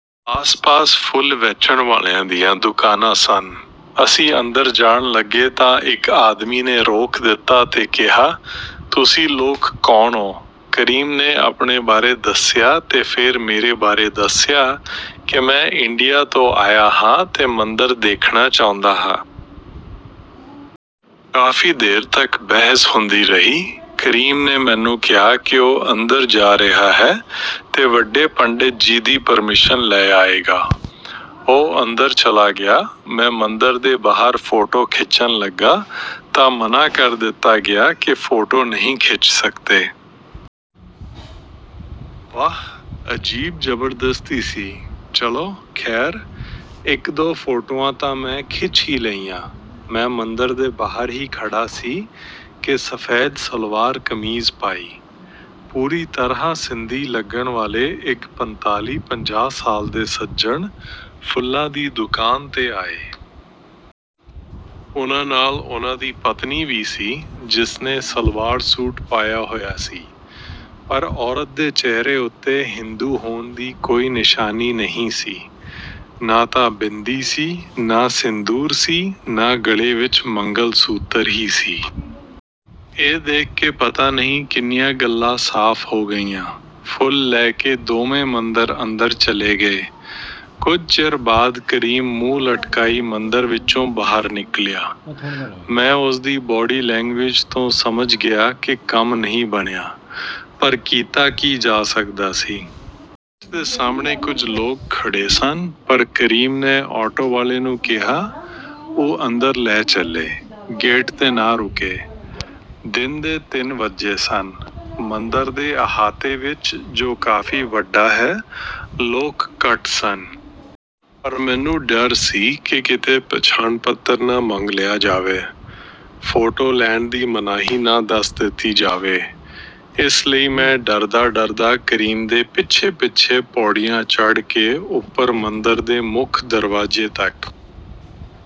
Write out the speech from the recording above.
ਆਸ-ਪਾਸ ਫੁੱਲ ਵੇਚਣ ਵਾਲਿਆਂ ਦੀਆਂ ਦੁਕਾਨਾਂ ਸਨ। ਅਸੀਂ ਅੰਦਰ ਜਾਣ ਲੱਗੇ ਤਾਂ ਇੱਕ ਆਦਮੀ ਨੇ ਰੋਕ ਦਿੱਤਾ ਤੇ ਕਿਹਾ, "ਤੁਸੀਂ ਲੋਕ ਕੌਣ ਓ?" ਕਰੀਮ ਨੇ ਆਪਣੇ ਬਾਰੇ ਦੱਸਿਆ ਤੇ ਫੇਰ ਮੇਰੇ ਬਾਰੇ ਦੱਸਿਆ ਕਿ ਮੈਂ ਇੰਡੀਆ ਤੋਂ ਆਇਆ ਹਾਂ ਤੇ ਮੰਦਰ ਦੇਖਣਾ ਚਾਹੁੰਦਾ ਹਾਂ। ਕਾਫ਼ੀ ਦੇਰ ਤੱਕ ਬਹਿਸ ਹੁੰਦੀ ਰਹੀ। ਕਰੀਮ ਨੇ ਮੈਨੂੰ ਕਿਹਾ ਕਿ ਉਹ ਅੰਦਰ ਜਾ ਰਿਹਾ ਹੈ ਤੇ ਵੱਡੇ ਪੰਡਿਤ ਜੀ ਦੀ ਪਰਮਿਸ਼ਨ ਲੈ ਆਏਗਾ। ਉਹ ਅੰਦਰ ਚਲਾ ਗਿਆ। ਮੈਂ ਮੰਦਰ ਦੇ ਬਾਹਰ ਫੋਟੋ ਖਿੱਚਣ ਲੱਗਾ ਤਾਂ ਮਨ੍ਹਾਂ ਕਰ ਦਿੱਤਾ ਗਿਆ ਕਿ ਫੋਟੋ ਨਹੀਂ ਖਿੱਚ ਸਕਦੇ। ਵਾਹ, ਅਜੀਬ ਜਬਰਦਸਤੀ ਸੀ। ਚਲੋ, ਖ਼ੈਰ, ਇੱਕ-ਦੋ ਫੋਟੋਆਂ ਤਾਂ ਮੈਂ ਖਿੱਚ ਹੀ ਲਈਆਂ। ਮੈਂ ਮੰਦਰ ਦੇ ਬਾਹਰ ਹੀ ਖੜ੍ਹਾ ਸੀ ਕਿ ਸਫ਼ੈਦ ਸਲਵਾਰ-ਕਮੀਜ਼ ਪਾਈ, ਪੂਰੀ ਤਰ੍ਹਾਂ ਸਿੰਧੀ ਲੱਗਣ ਵਾਲੇ ਇੱਕ ਪੰਤਾਲੀ-ਪੰਜਾਹ ਸਾਲ ਦੇ ਸੱਜਣ ਫੁੱਲਾਂ ਦੀ ਦੁਕਾਨ 'ਤੇ ਆਏ। ਉਹਨਾਂ ਨਾਲ ਉਹਨਾਂ ਦੀ ਪਤਨੀ ਵੀ ਸੀ, ਜਿਸਨੇ ਸਲਵਾਰ-ਸੂਟ ਪਾਇਆ ਹੋਇਆ ਸੀ। ਪਰ ਔਰਤ ਦੇ ਚਿਹਰੇ ਉੱਤੇ ਹਿੰਦੂ ਹੋਣ ਦੀ ਕੋਈ ਨਿਸ਼ਾਨੀ ਨਹੀਂ ਸੀ। ਨਾ ਤਾਂ ਬਿੰਦੀ ਸੀ, ਨਾ ਸਿੰਦੂਰ ਸੀ, ਨਾ ਗਲ਼ੇ ਵਿੱਚ ਮੰਗਲ-ਸੂਤਰ ਹੀ ਸੀ। ਇਹ ਦੇਖ ਕੇ ਪਤਾ ਨਹੀਂ ਕਿੰਨੀਆਂ ਗੱਲਾਂ ਸਾਫ਼ ਹੋ ਗਈਆਂ। ਫੁੱਲ ਲੈ ਕੇ ਦੋਵੇਂ ਮੰਦਰ ਅੰਦਰ ਚਲੇ ਗਏ। ਕੁਝ ਚਿਰ ਬਾਅਦ ਕਰੀਮ ਮੂੰਹ ਲਟਕਾਈ ਮੰਦਰ ਵਿੱਚੋਂ ਬਾਹਰ ਨਿਕਲਿਆ। ਮੈਂ ਉਸਦੀ ਬਾਡੀ ਲੈਂਗਵੇਜ ਤੋਂ ਸਮਝ ਗਿਆ ਕਿ ਕੰਮ ਨਹੀਂ ਬਣਿਆ, ਪਰ ਕੀਤਾ ਕੀ ਜਾ ਸਕਦਾ ਸੀ। ਗੇਟ ਦੇ ਸਾਹਮਣੇ ਕੁਝ ਲੋਕ ਖੜ੍ਹੇ ਸਨ, ਪਰ ਕਰੀਮ ਨੇ ਆਟੋ ਵਾਲੇ ਨੂੰ ਕਿਹਾ, ਉਹ ਅੰਦਰ ਲੈ ਚੱਲੇ, ਗੇਟ 'ਤੇ ਨਾ ਰੁਕੇ। ਦਿਨ ਦੇ ਤਿੰਨ ਵੱਜੇ ਸਨ। ਮੰਦਰ ਦੇ ਅਹਾਤੇ ਵਿੱਚ, ਜੋ ਕਾਫ਼ੀ ਵੱਡਾ ਹੈ, ਲੋਕ ਘੱਟ ਸਨ। ਪਰ ਮੈਨੂੰ ਡਰ ਸੀ ਕਿ ਕਿਤੇ ਪਛਾਣ-ਪੱਤਰ ਨਾ ਮੰਗ ਲਿਆ ਜਾਵੇ। ਫੋਟੋ ਲੈਣ ਦੀ ਮਨਾਹੀ ਨਾ ਦੱਸ ਦਿੱਤੀ ਜਾਵੇ। ਇਸ ਲਈ ਮੈਂ ਡਰਦਾ-ਡਰਦਾ ਕਰੀਮ ਦੇ ਪਿੱਛੇ-ਪਿੱਛੇ ਪੌੜੀਆਂ ਚੜ੍ਹ ਕੇ ਉੱਪਰ ਮੰਦਰ ਦੇ ਮੁੱਖ ਦਰਵਾਜ਼ੇ ਤੱਕ...